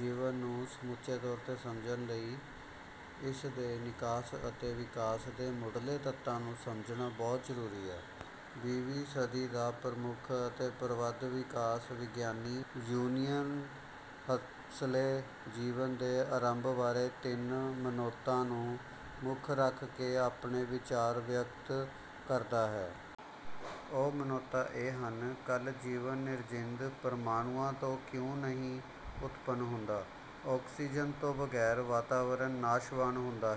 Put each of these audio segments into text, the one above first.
ਜੀਵਨ ਨੂੰ ਸਮੁੱਚੇ ਤੌਰ 'ਤੇ ਸਮਝਣ ਲਈ ਇਸ ਦੇ ਨਿਕਾਸ ਅਤੇ ਵਿਕਾਸ ਦੇ ਮੁੱਢਲੇ ਤੱਤਾਂ ਨੂੰ ਸਮਝਣਾ ਬਹੁਤ ਜ਼ਰੂਰੀ ਹੈ। ਵੀਹਵੀਂ ਸਦੀ ਦਾ ਪ੍ਰਮੁੱਖ ਅਤੇ ਪ੍ਰਬੁੱਧ ਵਿਕਾਸ ਵਿਗਿਆਨੀ ਯੂਲੀਅਨ ਹਕਸਲੇ ਜੀਵਨ ਦੇ ਆਰੰਭ ਬਾਰੇ ਤਿੰਨ ਮਨੌਤਾਂ ਨੂੰ ਮੁੱਖ ਰੱਖ ਕੇ ਆਪਣੇ ਵਿਚਾਰ ਵਿਅਕਤ ਕਰਦਾ ਹੈ। ਉਹ ਮਨੌਤਾਂ ਇਹ ਹਨ: ਕੱਲ ਜੀਵਨ ਨਿਰਜਿੰਦ ਪ੍ਰਮਾਣੂਆਂ ਤੋਂ ਕਿਉਂ ਨਹੀਂ ਉਤਪੰਨ ਹੁੰਦਾ? ਆਕਸੀਜਨ ਤੋਂ ਬਗੈਰ ਵਾਤਾਵਰਣ ਨਾਸ਼ਵਾਨ ਨਹੀਂ ਹੁੰਦਾ।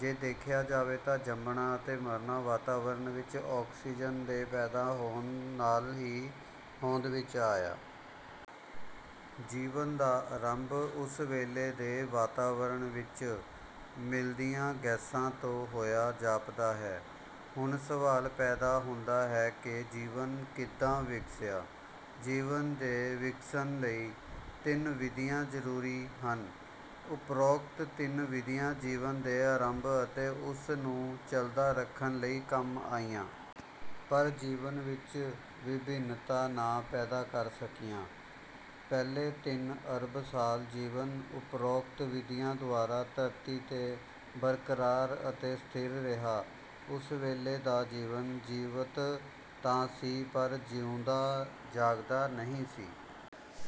ਜੇ ਦੇਖਿਆ ਜਾਵੇ ਤਾਂ ਜੰਮਣਾ ਅਤੇ ਮਰਨਾ ਵਾਤਾਵਰਣ ਵਿੱਚ ਆਕਸੀਜ਼ਨ ਦੇ ਪੈਦਾ ਹੋਣ ਨਾਲ ਹੀ ਹੋਂਦ ਵਿੱਚ ਆਇਆ। ਜੀਵਨ ਦਾ ਆਰੰਭ ਉਸ ਵੇਲੇ ਦੇ ਵਾਤਾਵਰਨ ਵਿਚੋਂ ਮਿਲਦੀਆਂ ਗੈਸਾਂ ਤੋਂ ਹੋਇਆ ਜਾਪਦਾ ਹੈ। ਹੁਣ ਸਵਾਲ ਪੈਦਾ ਹੁੰਦਾ ਹੈ ਕਿ ਜੀਵਨ ਕਿੱਦਾਂ ਵਿਗਸਿਆ? ਜੀਵਨ ਦੇ ਵਿਗਸਣ ਲਈ ਤਿੰਨ ਵਿਧੀਆਂ ਜਰੂਰੀ ਹਨ। ਉਪਰੋਕਤ ਤਿੰਨ ਵਿਧੀਆਂ ਜੀਵਨ ਦੇ ਆਰੰਭ ਅਤੇ ਉਸ ਨੂੰ ਚੱਲਦਾ ਰੱਖਣ ਲਈ ਕੰਮ ਆਈਆਂ। ਪਰ ਜੀਵਨ ਵਿੱਚ ਵਿਭਿੰਨਤਾ ਨਾ ਪੈਦਾ ਕਰ ਸਕੀਆਂ। ਪਹਿਲੇ ਤਿੰਨ ਅਰਬ ਸਾਲ ਜੀਵਨ ਉਪਰੋਕਤ ਵਿਧੀਆਂ ਦੁਆਰਾ ਧਰਤੀ 'ਤੇ ਬਰਕਰਾਰ ਅਤੇ ਸਥਿਰ ਰਿਹਾ। ਉਸ ਵੇਲੇ ਦਾ ਜੀਵਨ, ਜੀਵਤ ਤਾਂ ਸੀ ਪਰ ਜਿਉਂਦਾ-ਜਾਗਦਾ ਨਹੀਂ ਸੀ।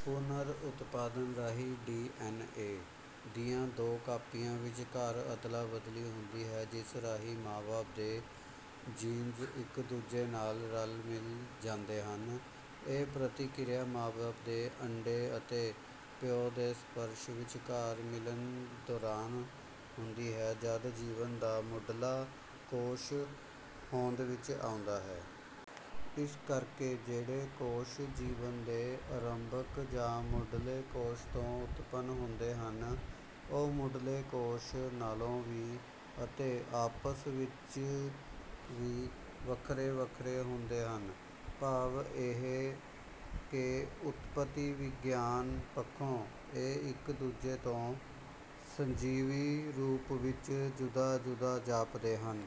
ਪੁਨਰ ਉਤਪਾਦਨ ਰਾਹੀਂ ਡੀ. ਐੱਨ. ਏ ਦੀਆਂ ਦੋ ਕਾਪੀਆਂ ਵਿਚਕਾਰ ਅਦਲਾ ਬਦਲੀ ਹੁੰਦੀ ਹੈ ਜਿਸ ਰਾਹੀਂ ਮਾਂ-ਬਾਪ ਦੇ ਜੀਨਜ਼ ਇੱਕ ਦੂਜੇ ਨਾਲ ਰਲ ਮਿਲ ਜਾਂਦੇ ਹਨ। ਇਹ ਪ੍ਰਕਿਰਿਆ ਮਾਂ ਦੇ ਅੰਡੇ ਅਤੇ ਪਿਓ ਦੇ ਸਪਰਮ ਵਿਚਕਾਰ ਮਿਲਣ ਦੌਰਾਨ ਹੁੰਦੀ ਹੈ ਜਦ ਜੀਵਨ ਦਾ ਮੁੱਢਲਾ ਕੋਸ਼ ਹੋਂਦ ਵਿੱਚ ਆਉਂਦਾ ਹੈ। ਇਸ ਕਰਕੇ ਜਿਹੜੇ ਕੋਸ਼ ਜੀਵਨ ਦੇ ਆਰੰਭਕ ਜਾਂ ਮੁੱਢਲੇ ਕੋਸ਼ ਤੋਂ ਉਤਪੰਨ ਹੁੰਦੇ ਹਨ, ਉਹ ਮੁੱਢਲੇ ਕੋਸ਼ ਨਾਲੋਂ ਵੀ ਅਤੇ ਆਪਸ-ਵਿਚੀ ਵੀ ਵੱਖਰੇ-ਵੱਖਰੇ ਹੁੰਦੇ ਹਨ, ਭਾਵ ਇਹ ਕਿ ਉਤਪਤੀ ਵਿਗਿਆਨ ਪੱਖੋਂ ਇਹ ਇੱਕ ਦੂਜੇ ਤੋਂ ਸੁਜੀਵੀ ਰੂਪ ਵਿੱਚ ਜੁਦਾ-ਜੁਦਾ ਜਾਪਦੇ ਹਨ।